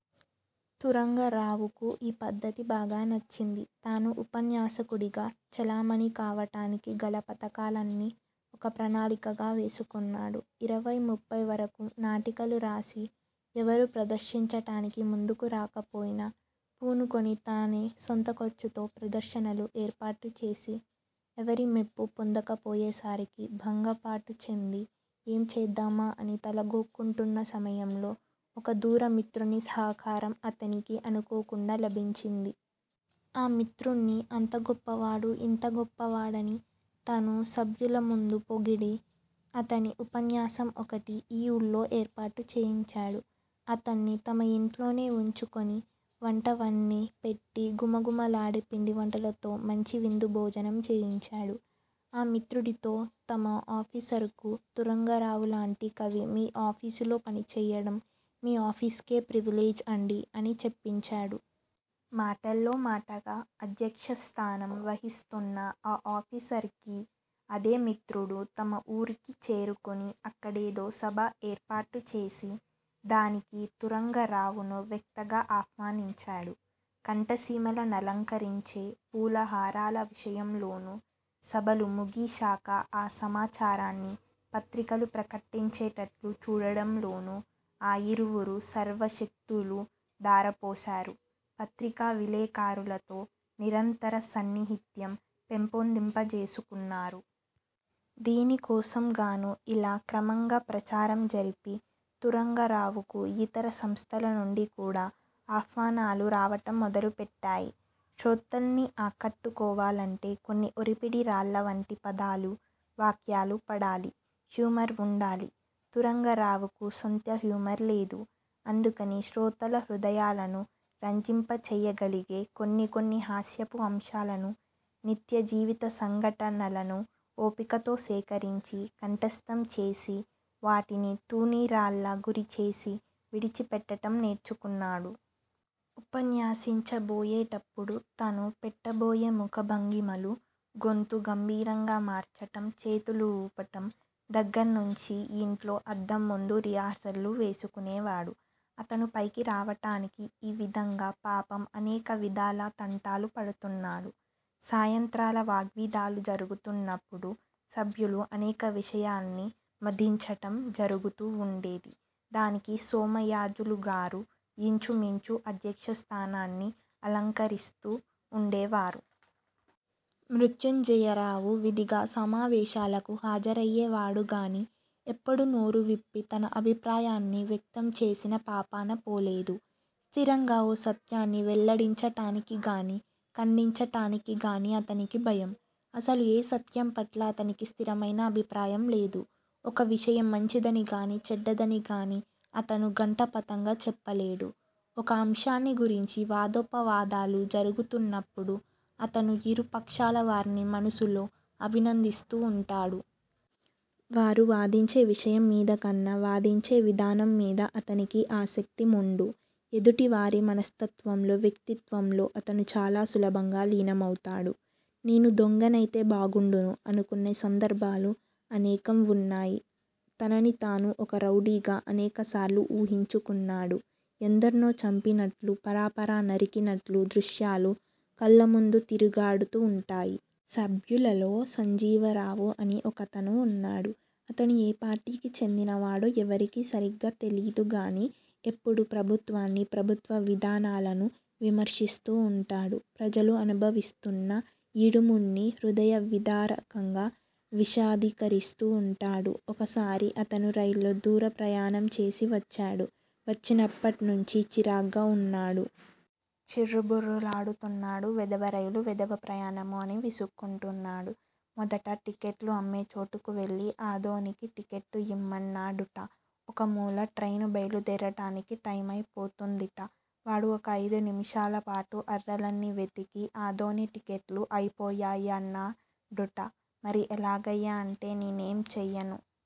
తురంగరావుకు ఈ పద్ధతి బాగా నచ్చింది. తాను ఉపన్యాసకుడిగా చలామణి కావటానికి గల పథకాలన్నీ ఒక ప్రణాళికగా వేసుకున్నాడు. ఇరవై ముప్పై వరకూ నాటికలు రాసి ఎవరూ ప్రదర్శించటానికి ముందుకు రాకపోయినా పూనుకుని తనే సొంతఖర్చుతో ప్రదర్శనలు ఏర్పాటుచేసి, ఎవరి మెప్పూ పొందకపోయేసరికి భంగపాటుచెంది, ఏం చేద్దామా అని తల గోక్కుంటున్న సమయంలో ఒక దూరమిత్రుని సహకారం అతనికి అనుకోకుండా లభించింది. ఆ మిత్రుడ్ని అంత గొప్పవాడు, యింత గొప్పవాడని తను సభ్యులముందు పొగిడి, అతని ఉపన్యాసం ఒకటి ఈ ఊళ్ళో ఏర్పాటు చేయించాడు. అతన్ని తమయింట్లోనే వుంచుకుని వంటవాడ్ని పెట్టి ఘుమఘుమలాడే పిండివంటలతో మంచి విందుభోజనం చేయించాడు. ఆ మిత్రుడితో తమ ఆఫీసరుకి 'తురంగరావువంటి కవి మీ ఆఫీసులో పనిచేయటం మీ ఆఫీసుకే ప్రివిలేజ్ అండీ' అని చెప్పించాడు. మాటల్లో మాటగా అధ్యక్షస్థానం వహిస్తోన్న ఆ ఆఫీసరుకి అదేమిత్రుడు తమ ఊరుకు చేరుకుని అక్కడేదో సభ ఏర్పాటుచేసి దానికి తురంగరావును వ్యక్తగా ఆహ్వానించాడు. కంఠసీమల నలంకరించే పూలహారాల విషయంలోనూ, సభలు ముగిశాక ఆ సమాచారాన్ని పత్రికలు ప్రకటించేటట్లు చూడడంలోనూ ఆ యిరువురూ సర్వశక్తులూ ధారపోశారు. పత్రికా విలేఖరులతో నిరంతర సాన్నిహిత్యం పెంపొందింపజేసుకున్నారు. దీనికోసంగానూ, ఇలా క్రమంగా ప్రచారం జరిపి తురంగరావుకు యితర సంస్థలనుండికూడా ఆహ్వానాలు రావటం మొదలుపెట్టాయి. శ్రోతల్ని ఆకట్టుకోవాలంటే కొన్ని ఒరిపిడి రాళ్ళవంటి పదాలూ, వాక్యాలూ పడాలి. హ్యూమర్ వుండాలి. తురంగరావుకు స్వంత హ్యూమర్ లేదు. అందుకని శ్రోతల హృదయాలని రంజింపచేయగలిగే కొన్ని కొన్ని హాస్యపు అంశాలనూ, నిత్యజీవిత సంఘటనలనూ ఓపికతో సేకరించి, కంఠస్థం చేసి, వాటిని తూణీరాల్లా గురిచేసి విడిచిపెట్టటం నేర్చుకున్నాడు. ఉపన్యసించబోయేటప్పుడు తను పెట్టబోయే ముఖభంగిమలూ, గొంతు గంభీరంగా మార్చటం, చేతులు వూపటం దగ్గర్నుంచీ యింట్లో అద్దంముందు రిహార్సల్సు వేసుకునేవాడు. అతను పైకి రావటానికి ఈవిధంగా పాపం, అనేకవిధాల తంటాలు పడుతున్నాడు. సాయంత్రాల వాగ్విదాలు జరుగుతున్నప్పుడు సభ్యులు అనేక విషయాల్ని మధించటం జరుగుతూ వుండేది. దానికి సోమయాజులుగారు యించుమించు అధ్యక్షస్థానాన్ని అలంకరిస్తూ వుండేవారు. మృత్యుంజయరావు విధిగా సమావేశాలకు హాజరయేవాడుగాని, ఎప్పుడూ నోరు విప్పి తన అభిప్రాయాన్ని వ్యక్తంచేసిన పాపానపోలేదు. స్థిరంగా ఓ సత్యాన్ని వెల్లడించటానికిగానీ, ఖండించటానికిగానీ అతనికి భయం. అసలు ఏ సత్యంపట్లా అతనికి స్థిరమైన అభిప్రాయంలేదు. ఒక విషయం మంచిదనిగానీ, చెడ్డదనిగానీ అతను ఘంటాపథంగా చెప్పలేడు. ఒక అంశాన్ని గురించి వాదోపవాదాలు జరుగుతున్నప్పుడు అతను యిరుపక్షాలవార్నీ మనసులో అభినందిస్తూ వుంటాడు. వారు వాదించే విషయం మీదకన్నా, వాదించే విధానంమీద అతనికి ఆసక్తి మెండు. ఎదుటివారి మనస్తత్వంలో, వ్యక్తిత్వంలో అతను చాలా సులభంగా లీనమౌతాడు. 'నేను దొంగనైతే బాగుండును' అనుకున్న సందర్భాలు అనేకం వున్నాయి. తనని తాను ఒక రౌడీగా అనేకసార్లు ఊహించుకున్నాడు. ఎందర్నో చంపినట్లూ, పరపర నరికినట్లూ దృశ్యాలు కళ్ళముందు తిరుగాడుతూ వుంటాయి. సభ్యులలో సంజీవరావు అని ఒకతను వున్నాడు. అతను ఏ పార్టీకి చెందినవాడో ఎవరికీ సరిగ్గా తెలీదుగాని, ఎప్పుడూ ప్రభుత్వాన్నీ, ప్రభుత్వ విధానాలనూ విమర్శిస్తూ వుంటాడు. ప్రజలు అనుభవిస్తూన్న యిడుముల్ని హృదయ విదారకంగా విశదీకరిస్తూ వుంటాడు. ఒకసారి అతను రైల్లో దూర ప్రయాణం చేసి వచ్చాడు. వచ్చినప్పట్నుంచీ చిరాగ్గా వున్నాడు. చిర్రుబుర్రులాడు తున్నాడు. వెధవ రైళ్ళూ, వెధవ ప్రయాణమూ అని విసుక్కుంటున్నాడు. మొదట టిక్కెట్లు అమ్మేచోటికి వెళ్ళి ఆదోనికి టికెట్ యిమ్మన్నాడుట. ఒకమూల ట్రైన్ బయలుదేరటానికి 'టైమయిపోతుందిట. వాడు ఒక అయిదు నిముషాలపాటు అరలన్నీ వెదికి ఆదోని టికెట్లు అయిపోయా యన్నాడుట. 'మరి ఎలాగయ్యా' అంటే 'నేనేం చెయ్యను'